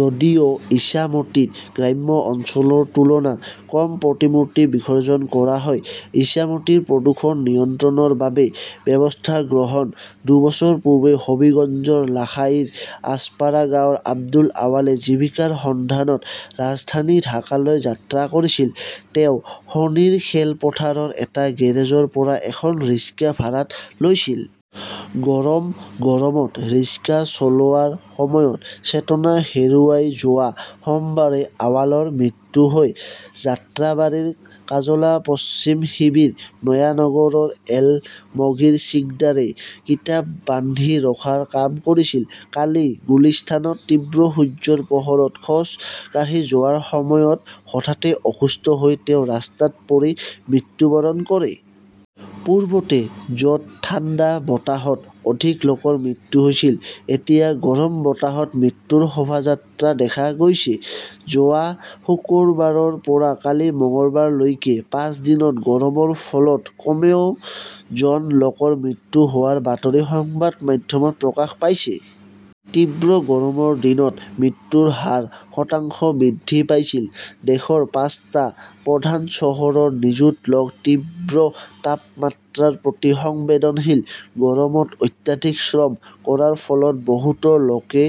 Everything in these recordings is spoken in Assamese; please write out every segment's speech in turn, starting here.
যদিও ইচামতীত গ্ৰাম্য অঞ্চলৰ তুলনাত কম প্ৰতিমূৰ্তি বিসৰ্জন কৰা হয়। ইছামতীৰ প্ৰদূষণ নিয়ন্ত্ৰণৰ বাবে ব্যৱস্থা গ্ৰহণ দুবছৰ পূৰ্বে হবীগঞ্জৰ লাখাইৰ আজপাৰাগাঁওৰ আব্দুল আৱালে জীৱিকাৰ সন্ধানত ৰাজধানী ঢাকালৈ যাত্ৰা কৰিছিল। তেওঁ শনিৰ খেলপথাৰৰ এটা গেৰেজৰ পৰা এখন ৰিক্সা ভাড়াত লৈছিল। গৰম গৰমত ৰিক্সা চলোৱাৰ সময়ত চেতনা হেৰুৱাই যোৱা সোমবাৰে আৱালৰ মৃত্যু হয়। যাত্ৰাবাৰীৰ কাজলা পশ্চিম শিবিৰ নয়ানগৰৰ এলমগিৰ শিখদাৰে কিতাপ বান্ধি ৰখাৰ কাম কৰিছিল। কালি গুলিস্তানত তীব্ৰ সূৰ্যৰ পোহৰত খোজ কাঢ়ি যোৱাৰ সময়ত হঠাতে অসুস্থ হৈ তেওঁ ৰাস্তাত পৰি মৃত্যুবৰণ কৰে। পূৰ্বতে য 'ত ঠাণ্ডা বতাহত অধিক লোকৰ মৃত্যু হৈছিল, এতিয়া গৰম বতাহত মৃত্যুৰ শোভাযাত্ৰা দেখা গৈছে। যোৱা শুকুৰবাৰৰ পৰা কালি মঙলবাৰলৈকে পাঁচ দিনত গৰমৰ ফলত কমেও জন লোকৰ মৃত্যু হোৱাৰ বাতৰি সংবাদ মাধ্যমত প্ৰকাশ পাইছে। তীব্ৰ গৰমৰ দিনত মৃত্যুৰ হাৰ শতাংশ বৃদ্ধি পাইছিল। দেশৰ পাঁচটা প্ৰধান চহৰৰ নিযুত লোক তীব্ৰ তাপমাত্ৰাৰ প্ৰতি সংবেদনশীল। গৰমত অত্যাধিক শ্ৰম কৰাৰ ফলত বহুতো লোকে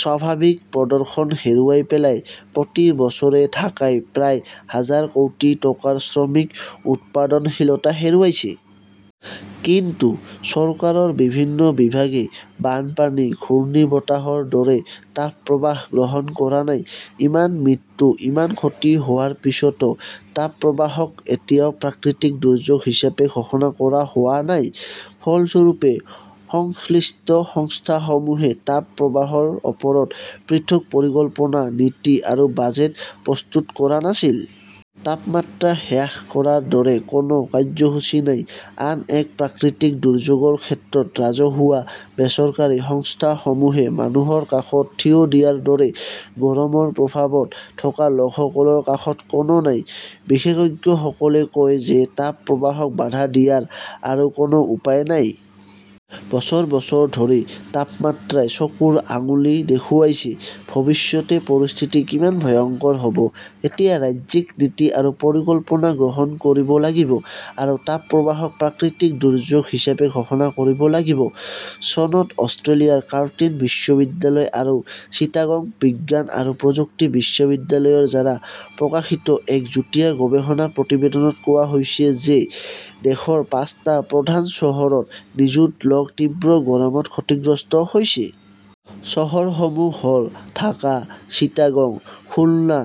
স্বাভাৱিক প্ৰদৰ্শন হেৰুৱাই পেলায়। প্ৰতি বছৰে ঢাকাই প্ৰায় হাজাৰ কোটি টকাৰ শ্ৰমিক উৎপাদনশীলতা হেৰুৱাইছে। কিন্তু চৰকাৰৰ বিভিন্ন বিভাগে বানপানী-ঘূৰ্ণীবতাহৰ দৰে তাপপ্ৰবাহ গ্ৰহণ কৰা নাই। ইমান মৃত্যু, ইমান ক্ষতি হোৱাৰ পিছতো তাপপ্ৰবাহক এতিয়াও 'প্ৰাকৃতিক দুৰ্যোগ "হিচাপে ঘোষণা কৰা হোৱা নাই। ফলস্বৰূপে, সংশ্লিষ্ট সংস্থাসমূহে তাপ প্ৰবাহৰ ওপৰত পৃথক পৰিকল্পনা, নীতি আৰু বাজেট প্ৰস্তুত কৰা নাছিল। তাপমাত্ৰা হ্ৰাস কৰাৰ দৰে কোনো কাৰ্যসূচী নাই। আন এক প্ৰাকৃতিক দুৰ্যোগৰ ক্ষেত্ৰত ৰাজহুৱা-বেচৰকাৰী সংস্থাসমূহে মানুহৰ কাষত থিয় দিয়াৰ দৰে, গৰমৰ প্ৰভাৱত থকা লোকসকলৰ কাষত কোনো নাই। বিশেষজ্ঞসকলে কয় যে তাপ প্ৰবাহক বাধা দিয়াৰ আৰু কোনো উপায় নাই। বছৰ বছৰ ধৰি তাপমাত্ৰাই চকুৰ আঙুলি দেখুৱাইছে, ভৱিষ্যতে পৰিস্থিতি কিমান ভয়ংকৰ হ "ব। এতিয়া ৰাজ্যিক নীতি আৰু পৰিকল্পনা গ্ৰহণ কৰিব লাগিব আৰু তাপ প্ৰবাহক প্ৰাকৃতিক দুৰ্যোগ হিচাপে ঘোষণা কৰিব লাগিব। চনত অষ্ট্ৰেলিয়াৰ কাৰ্টিন বিশ্ববিদ্যালয় আৰু চিটাগং বিজ্ঞান আৰু প্ৰযুক্তি বিশ্ববিদ্যালয়ৰ দ্বাৰা প্ৰকাশিত এক যুটীয়া গৱেষণা প্ৰতিবেদনত কোৱা হৈছে যে দেশৰ পাঁচটা প্ৰধান চহৰত নিযুত লোক তীব্ৰ গৰমত ক্ষতিগ্ৰস্ত হৈছে। চহৰসমূহ হ "ল-ঢাকা, চিটাগং, খুলনা,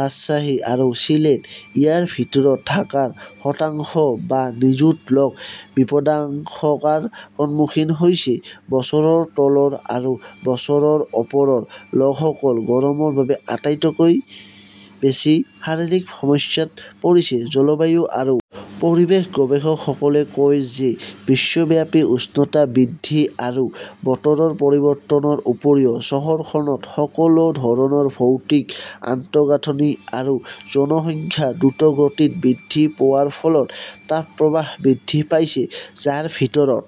ৰাজশ্বাহী আৰু চিলেট। ইয়াৰ ভিতৰত ঢাকাৰ শতাংশ বা নিযুত লোক বিপদাশংকাৰ সন্মুখীন হৈছে। বছৰৰ তলৰ আৰু বছৰৰ ওপৰৰ লোকসকল গৰমৰ বাবে আটাইতকৈ বেছি শাৰীৰিক সমস্যাত পৰিছে। জলবায়ু আৰু পৰিৱেশ গৱেষকসকলে কয় যে বিশ্বব্যাপী উষ্ণতা বৃদ্ধি আৰু বতৰৰ পৰিৱৰ্তনৰ উপৰিও চহৰখনত সকলো ধৰণৰ ভৌতিক আন্তঃগাঁথনি আৰু জনসংখ্যা দ্ৰুতগতিত বৃদ্ধি পোৱাৰ ফলত তাপ প্ৰৱাহ বৃদ্ধি পাইছে, যাৰ ভিতৰত